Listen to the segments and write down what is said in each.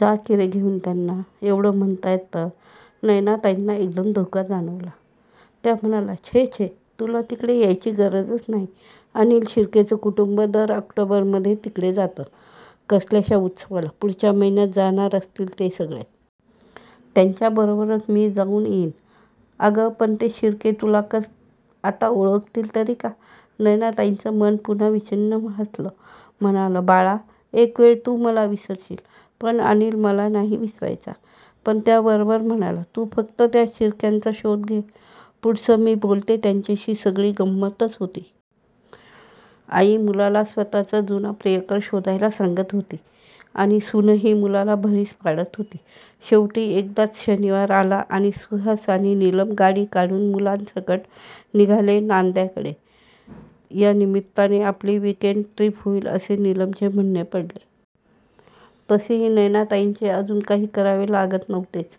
"जा की रे घेऊन त्यांना! एवढं म्हणतायत तर"नयनाताईंना एकदम धोका जाणवला, त्या म्हणाल्या"छे छे! तुला तिकडे यायची गरजच नाही. अनिल शिर्केचं कुटुंब दर ऑक्टोबरमध्ये तिकडे जातं कसल्याश्या उत्सवाला. पुढच्या महिन्यात जाणार असतील ते सगळे. त्यांच्याबरोबरच मी जाऊन येईन""अगं पण ते शिर्के तुला आता ओळखतील तरी का? "नयनाताईंचं मन पुन्हा विषण्ण हसलं! म्हणालं, बाळा, एकवेळ तू मला विसरशील पण अनिल मला नाही विसरायचा! पण त्या वरवर म्हणाल्या"तू फक्त त्या शिर्क्यांचा शोध घे, पुढचं मी बोलते त्यांच्याशी"सगळी गंमतच होती. आई मुलाला स्वतःच जुना प्रियकर शोधायला सांगत होती आणि सूनही मुलाला भरीस पाडत होती. शेवटी एकदाच शनिवार आला आणि सुहास आणि निलम गाडी काढून मुलांसकट निघाले नांद्याकडे! त्या निमित्ताने आपली वीकएण्ड ट्रिप होईल असे निलमचे म्हणणे पडले. तसेही नयनाताईंचे अजून काही करावे लागत नव्हतेच.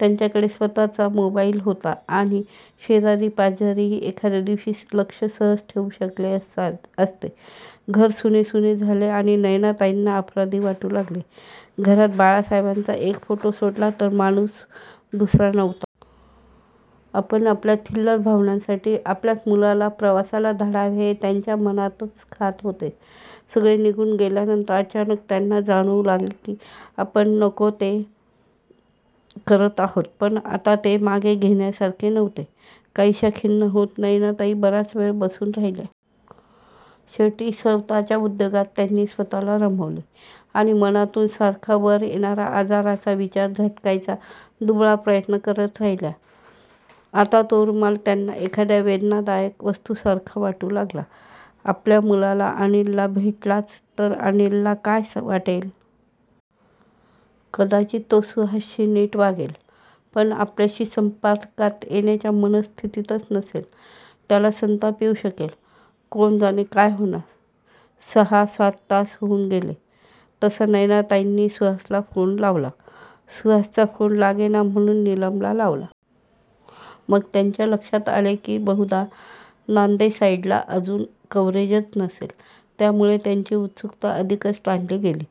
त्यांच्याकडे स्वतःच मोबाईलही होता आणि शेजारीपाजारीही एखादा दिवस लक्ष सहज ठेवू शकले असते. घर सुनेसुने झाले आणि नयनाताईंना अपराधी वाटू लागले. घरात बाळासहेबांचा एक फोटो सोडला तर माणूस दुसरा नव्हता. आपण आपल्या थिल्लर भावनांसाठी आपल्याच मुलाला प्रवासाला धाडावे हे त्यांना मनातच खात होते. सगळे निघून गेल्यानंतर अचानक त्यांना जाणवू लागले की आपण नको ते करत आहोत. पण आता ते मागे घेण्यासारखे नव्हते. काहीश्या खिन्न होत नयनाताई बराच वेळ बसून राहिल्या. शेवटी स्वतःच्या उद्योगात त्यांनी स्वतःला रमवले आणि मनातून सारखा वर येणारा आजाराचा विचार झटकायचा दुबळा प्रयत्न करत राहिल्या. आता तो रुमाल त्यांना एखाद्या वेदनादायक वस्तूसारखा वाटू लागला. आपला मुलगा अनिलला भेटलाच तर अनिलला काय वाटेल? कदाचित तो सुहासशी नीट वागेल पण आपल्याशी संपर्कात येण्याच्या मनस्थितीतच नसेल. त्याला संताप येऊ शकेल. कोण जाणे काय होणार! सहा, सात तास होऊन गेले तसा नयनाताईंनी सुहासला फोन लावला. सुहासचा फोन लागेना म्हणून निलमला लावला. मग त्यांच्या लक्षात आले की बहुधा नांदेसाईडला अजून कव्हरेजच नसेल. त्यामुळे त्यांची उत्सुकता अधिकच ताणली गेली.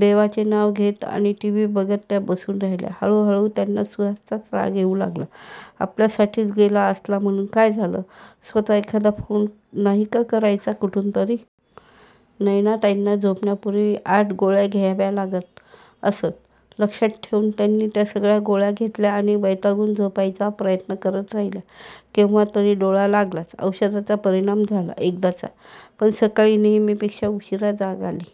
देवाचे नांव घेत आणि टीव्ही बघत त्या बसून राहिल्या. हळूहळू त्यांना सुहासचाच राग येऊ लागला. आपल्यासाठीच गेला असला म्हणून काय, स्वतः एखादा फोन नाही का करायचा कुठूनतरी! नयनाताईंना झोपण्यापूर्वी आठ गोळ्या घ्याव्या लागत असत. लक्षात ठेवून त्यांनी त्या सगळ्या गोळ्या घेतल्या आणि वैतागून झोपायचा प्रयत्न करत राहिल्या. केव्हातरी डोळा लागलाच, औषधांचा परिणाम झाला एकदाचा! पण सकाळी नेहमीपेक्षा उशीरा जाग आली.